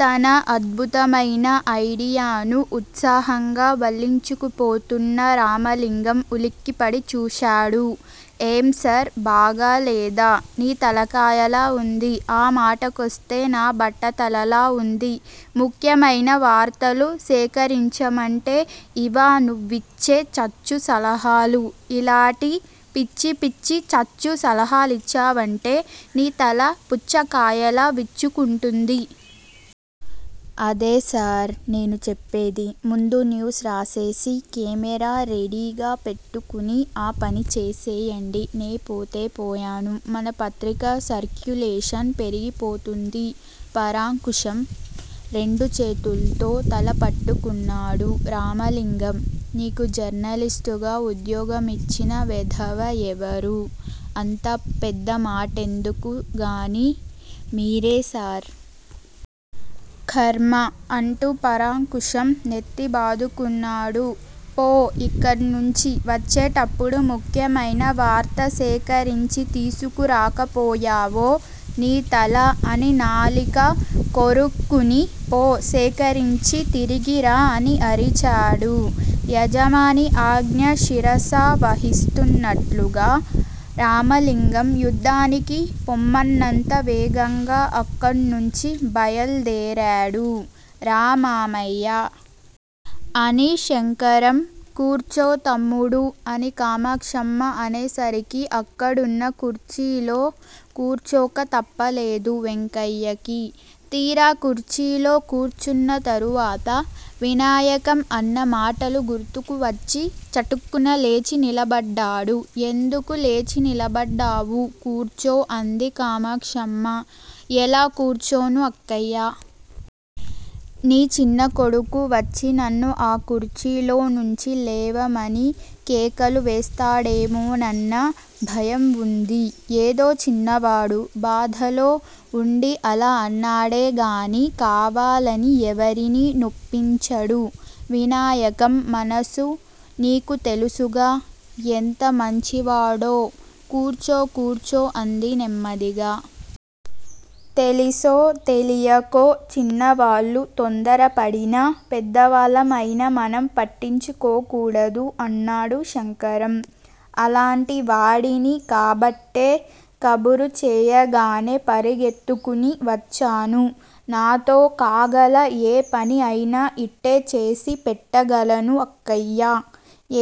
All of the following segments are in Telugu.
తన అద్భుతమైన ఐడియాను ఉత్సాహంగా వల్లించుకుపోతున్న రామలింగం ఉలిక్కిపడి చూశాడు. ఏం సార్! బాగాలేదా? నీ తలకాయలా వుంది. ఆ మాటకొస్తే నా బట్టతలలా వుంది. ముఖ్యమైన వార్తలు సేకరించమంటే యివా నువ్విచ్చే చచ్చు సలహాలు? ఇలాటి పిచ్చిపిచ్చి చచ్చు సలహాలిచ్చావంటే, నీ తల పుచ్చకాయలా విచ్చుకుంటుంది. అదే సార్! నేను చెప్పేది. ముందు న్యూస్ రాసేసి, కెమేరా రెడీగా పెట్టుకుని ఆ పని చేసెయ్యండి. నేపోతే పోయాను. మన పత్రిక సర్క్యులేషన్ పెరిగిపోతుంది. పరాంకుశం రెండుచేతుల్తో తలపట్టుకున్నాడు. రామలింగం, నీకు జర్నలిస్ట్ గా ఉద్యోగమిచ్చిన వెధవ ఎవరు? అంత పెద్దమాటెందుకుగానీ మీరే సార్. ఖర్మ అంటూ పరాంకుశం నెత్తిబాదుకున్నాడు. పో, యిక్కడ్నుంచి వచ్చేటప్పుడు ముఖ్యమైన వార్త సేకరించి తీసుకురాకపోయావో నీ తల అని నాలిక కొరుక్కుని పో సేకరించి తిరిగి రా అని అరిచాడు. యజమాని ఆజ్ఞ శిరసావహిస్తున్నట్లుగా రామలింగం యుద్దానికి పొమ్మన్నంత వేగంగా అక్కడ్నుంచి బయల్దేరాడు. రా మామయ్యా! అని శంకరం! కూర్చో తమ్ముడూ! అని కామాక్షమ్మ అనే సరికి అక్కడున్న కుర్చీలో కూర్చోక తప్పలేదు వెంకయ్యకి! తీరా కుర్చీలో కూర్చున్న తరువాత వినాయకం అన్న మాటలు గుర్తుకు వచ్చి చటుక్కున లేచి నిలబడ్డాడు. ఎందుకూ లేచి నిలబడ్డావూ? కూర్చో! అంది కామాక్షమ్మ. ఎలా కూర్చోను అక్కయ్య! నీ చిన్న కొడుకు వచ్చి నన్ను ఆ కుర్చీలో నుంచి లేవమని కేకలు వేస్తాడేమోనన్న భయం వుంది! ఏదో చిన్నవాడు! బాధలో వుండి అలా అన్నాడే గాని, కావాలని ఎవరినీ నొప్పించడు. వినాయకం మనసు నీకూ తెలుసుగా? ఎంత మంచివాడో? కూర్చో! కూర్చో! అంది నెమ్మదిగా. తెలిసో తెలియకో చిన్నవాళ్ళు తొందరపడినా పెద్దవాళ్ళమయిన మనం పట్టించుకోకూడదు! అన్నాడు శంకరం. అలాంటి వాడిని కాబట్టే కబురు చేయగానే పరిగెత్తుకుని వచ్చాను. నాతో కాగల ఏ పని అయినా యిట్టే చేసి పెట్టగలను అక్కయ్యా!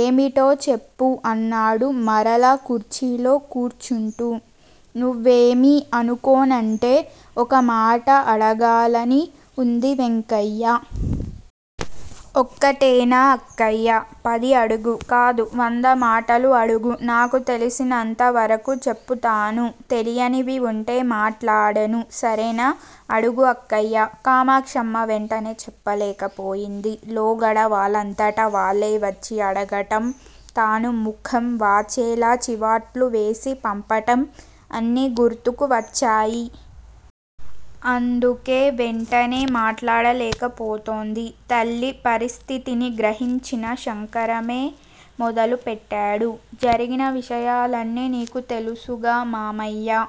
ఏమిటో చెప్పు? అన్నాడు మరలా కుర్చీలో కూర్చుంటూ! నువ్వేమీ అనుకోనంటే ఒకమాట అడగాలని వుంది వెంకయ్య? ఒక్కటేనా అక్కయ్యా? పది అడుగు! కాదు, వంద మాటలు అడుగు! నాకు తెలిసినంత వరకూ చెప్పుతాను తెలియనివి వుంటే మాట్లాడను. సరేనా? అడుగు అక్కయ్య! కామాక్షమ్మ వెంటనే చెప్పలేకపోయింది. లోగడ వాళ్ళంతట వాళ్ళే వచ్చి అడగటం, తాను ముఖం వాచేలా చివాట్లు వేసి పంపటం అన్నీ గుర్తుకు వచ్చాయి. అందుకే వెంటనే మాట్లాడలేక పోతోంది. తల్లి పరిస్థితిని గ్రహించిన శంకరమే మొదలుపెట్టాడు. జరిగినా విషయాలన్నీ నీకూ తెలుసుగా మామయ్యా?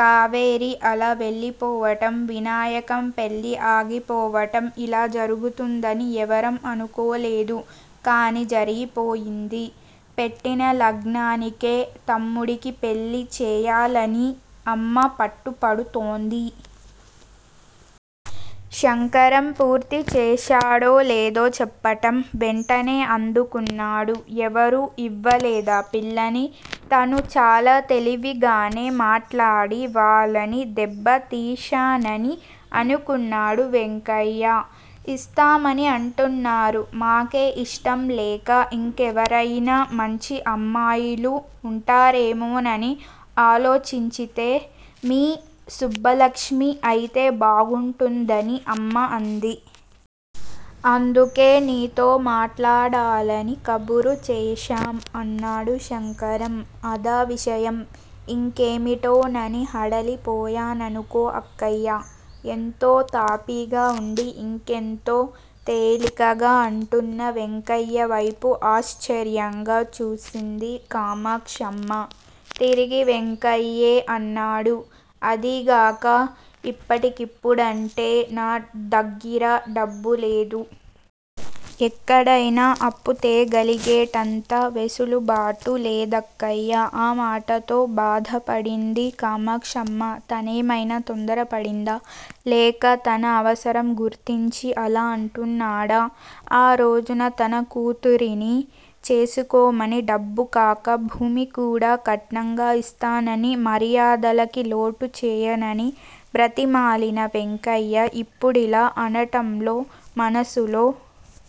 కావేరి అలా వెళ్ళిపోవటం, వినాయకం పెళ్ళి ఆగిపోవటం! యిలా జరుగుతుందని ఎవరం అనుకోలేదు. కాని జరిగిపోయింది. పెట్టిన లగ్నానికే తమ్ముడికి పెళ్ళి చేయాలని అమ్మ పట్టుపడుతోంది! శంకరం పూర్తి చేశాడో లేదో చెప్పటం వెంటనే అందుకున్నాడు. ఎవరూ యివ్వలేదా పిల్లని? తను చాలా తెలివిగానే మాట్లాడి వాళ్ళని దెబ్బ తీశానని అనుకున్నాడు వెంకయ్య! ఇస్తామని అంటున్నారు! మాకే యిష్టం లేక యింకెవరయినా మంచి అమ్మాయిలు వుంటారేమోనని ఆలోచించితే మీ సుబ్బలక్ష్మి అయితే బాగుంటుందని అమ్మ అంది! అందుకే నీతో మాట్లాడాలని కబురు చేశాం! అన్నాడు శంకరం! అదా విషయం? యింకేమిటోనని హడలి పోయాననుకో అక్కయ్య? ఎంతో తాపీగా వుండి యింకెంతో తేలికగా అంటున్న వెంకయ్య వైపు ఆశ్చర్యంగా చూసింది కామాక్షమ్మ. తిరిగి వెంకయ్యే అన్నాడు- అదీగాక యిప్పటికిప్పుడంటే నా దగ్గిర డబ్బు లేదు. ఎక్కడయినా అప్పు తేగలిగేటంత వెసులుబాటూ లేదక్కయ్య! ఆ మాటతో బాధ పడింది కామాక్షమ్మ. తనేమయినా తొందరపడిందా? లేక తన అవసరం గుర్తించి అలా అంటున్నాడా? ఆ రోజున తన కూతురిని చేసుకోమని డబ్బుకాక భూమి కూడా కట్నంగా యిస్తానని, మర్యాదలకి లోటు చేయనని బ్రతిమాలిన వెంకయ్య ఇప్పుడిలా అనటంలో మనసులో